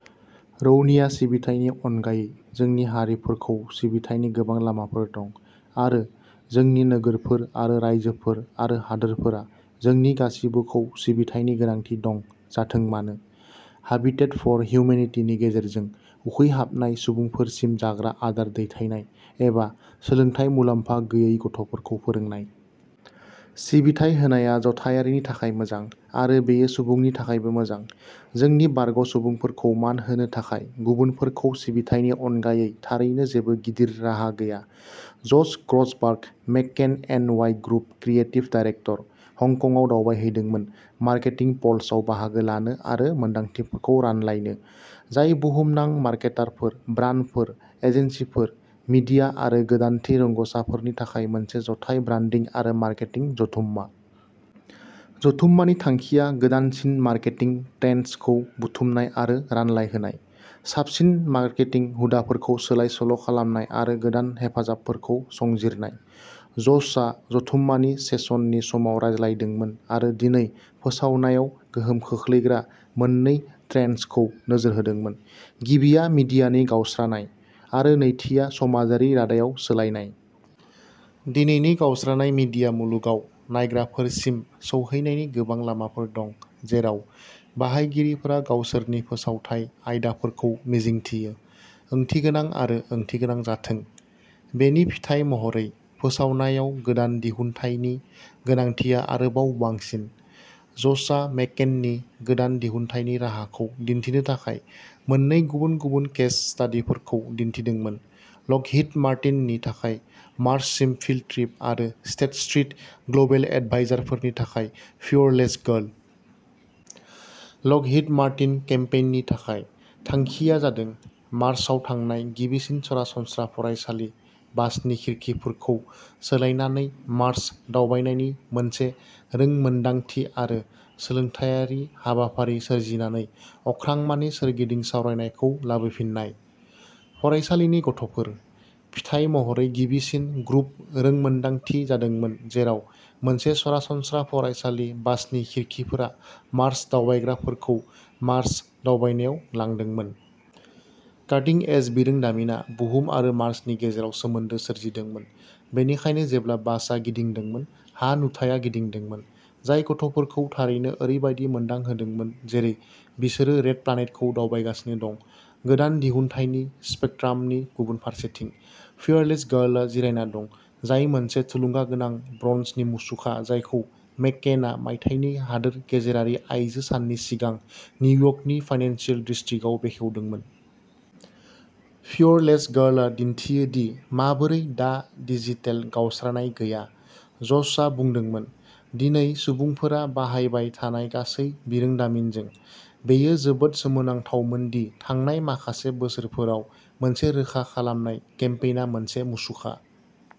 रौनिया सिबिथायनि अनगायै जोंनि हारिफोरखौ सिबिथायनि गोबां लामाफोर दं, आरो जोंनि नोगोरफोर आरो रायजोफोर आरो हादोरफोरा जोंनि गासिबोखौ सिबिथायनि गोनांथि दं-जाथों मानो। हाबिटाट फर हिउमेनिटीनि गेजेरजों, उखैहाबनाय सुबुंफोरसिम जाग्रा आदार दैथायनाय, एबा सोलोंथाय मुलामफा गैयै गथ'फोरखौ फोरोंनाय। सिबिथाय होनाया जथायारिनि थाखाय मोजां, आरो बेयो सुबुंनि थाखायबो मोजां। जोंनि बारग'सुबुंफोरखौ मान होनो थाखाय गुबुनफोरखौ सिबिथायनि अनगायै थारैनो जेबो गिदिर राहा गैया। Josh Grossberg, McCann N. Y. Group creative director, हंकंआव दावबायहैदोंमोन मार्केटिंपल्सआव बाहागो लानो आरो मोनदांथिफोरखौ रानलायनो, जाय बुहुमनां मार्केटारफोर, ब्रान्डफोर, एजेन्सिफोर, मीडिया आरो गोदानथि रोंग'साफोरनि थाखाय मोनसे जथाय ब्रान्डिं आरो मार्केटिं जथुममा। जथुम्मानि थांखिया गोदानसिन मार्केटिं ट्रेन्ड्सखौ बुथुमनाय आरो रानलायहोनाय, साबसिन मार्केटिं हुदाफोरखौ सोलाय-सोल'खालामनाय आरो गोदान हेफाजाबफोरखौ संजिरनाय। जशआ जथुम्मानि सेसन नि समाव रायज्लायदोंमोन आरो दिनै फोसावनायाव गोहोम खोख्लैग्रा मोन्नै ट्रेन्ड्सखौ नोजोर होदोंमोनः गिबिया मिडियानि गावस्रानाय; आरो नैथिआ समाजारि रादायाव सोलायनाय। दिनैनि गावस्रानाय मीडिया मुलुगाव नायग्राफोरसिम सौहैनायनि गोबां लामाफोर दं जेराव बाहायगिरिफोरा गावसोरनि फोसावथाय आयदाफोरखौ मिजिंथियो। ओंथिगोनां आरो ओंथिगोनां जाथों। बेनि फिथाइ महरै, फोसावनायाव गोदान दिहुनथायनि गोनांथिआ आरोबाव बांसिन। ज'शआ मेककेननि गोदान दिहुनथायनि राहाखौ दिन्थिनो थाखाय मोन्नै गुबुन गुबुन केस स्टादिफोरखौ दिन्थिदोंमोनः लकहिड मार्टिननि थाखाय मार्ससिम फिल्ड ट्रिप आरो स्टेट स्ट्रीट ग्लबेल एडभाइजारफोरनि थाखाय फीयरलेस गार्ल। लकहिड मार्टिन केम्पेइननि थाखाय, थांखिया जादों मार्साव थांनाय गिबिसिन सरासनस्रा फरायसालि बासनि खिरखिफोरखौ सोलायनानै मार्स दावबायनायनि मोनसे रोंमोनदांथि आरो सोलोंथायारि हाबाफारि सोरजिनानै अख्रांमानि सोरगिदिं सावरायनायखौ लाबोफिन्नायः फरायसालिनि गथ'फोर। फिथाय महरै गिबिसिन ग्रुप रोंमोनदांथि जादोंमोन जेराव मोनसे सरासनस्रा फरायसालि बासनि खिरखिफोरा मार्स दावबायग्राफोरखौ मार्स दावबायनायाव लांदोंमोन। काटिं-एज बिरोंदामिनआ बुहुम आरो मार्सनि गेजेराव " सोमोन्दो" सोरजिदोंमोन, बेनिखायनो, जेब्ला बासआ गिदिंदोंमोन, हा-नुथाया गिदिंदोंमोन, जाय गथ'फोरखौ थारैनो ओरैबायदि मोनदांहोदोंमोन जेरै बिसोरो रेड प्लानेटखौ दावबायगासिनो दं। गोदान दिहुनथायनि स्पेकट्रामनि गुबुन फारसेथिं। फीयरलेस गार्लआ जिरायना दं, जाय मोनसे थुलुंगागोनां ब्रन्जनि मुसुखा जायखौ मेककेनआ मायथाइनि हादोर गेजेरारि आइजो साननि सिगां निउयार्कनि फाइनेन्सियेल डिस्ट्रिक्टआव बेखेवदोंमोन। "फीयरलेस गार्लआ दिन्थियो दि माबोरै दा डिजिटेल गावस्रानाय गैया", ज'शआ बुंदोंमोन। "दिनै सुबुंफोरा बाहायबाय थानाय गासै बिरोंदामिनजों, बेयो जोबोद सोमोनांथावमोन दि थांनाय माखासे बोसोरफोराव मोनसे रोखा खालामनाय केम्पेइनआ मोनसे मुसुखा।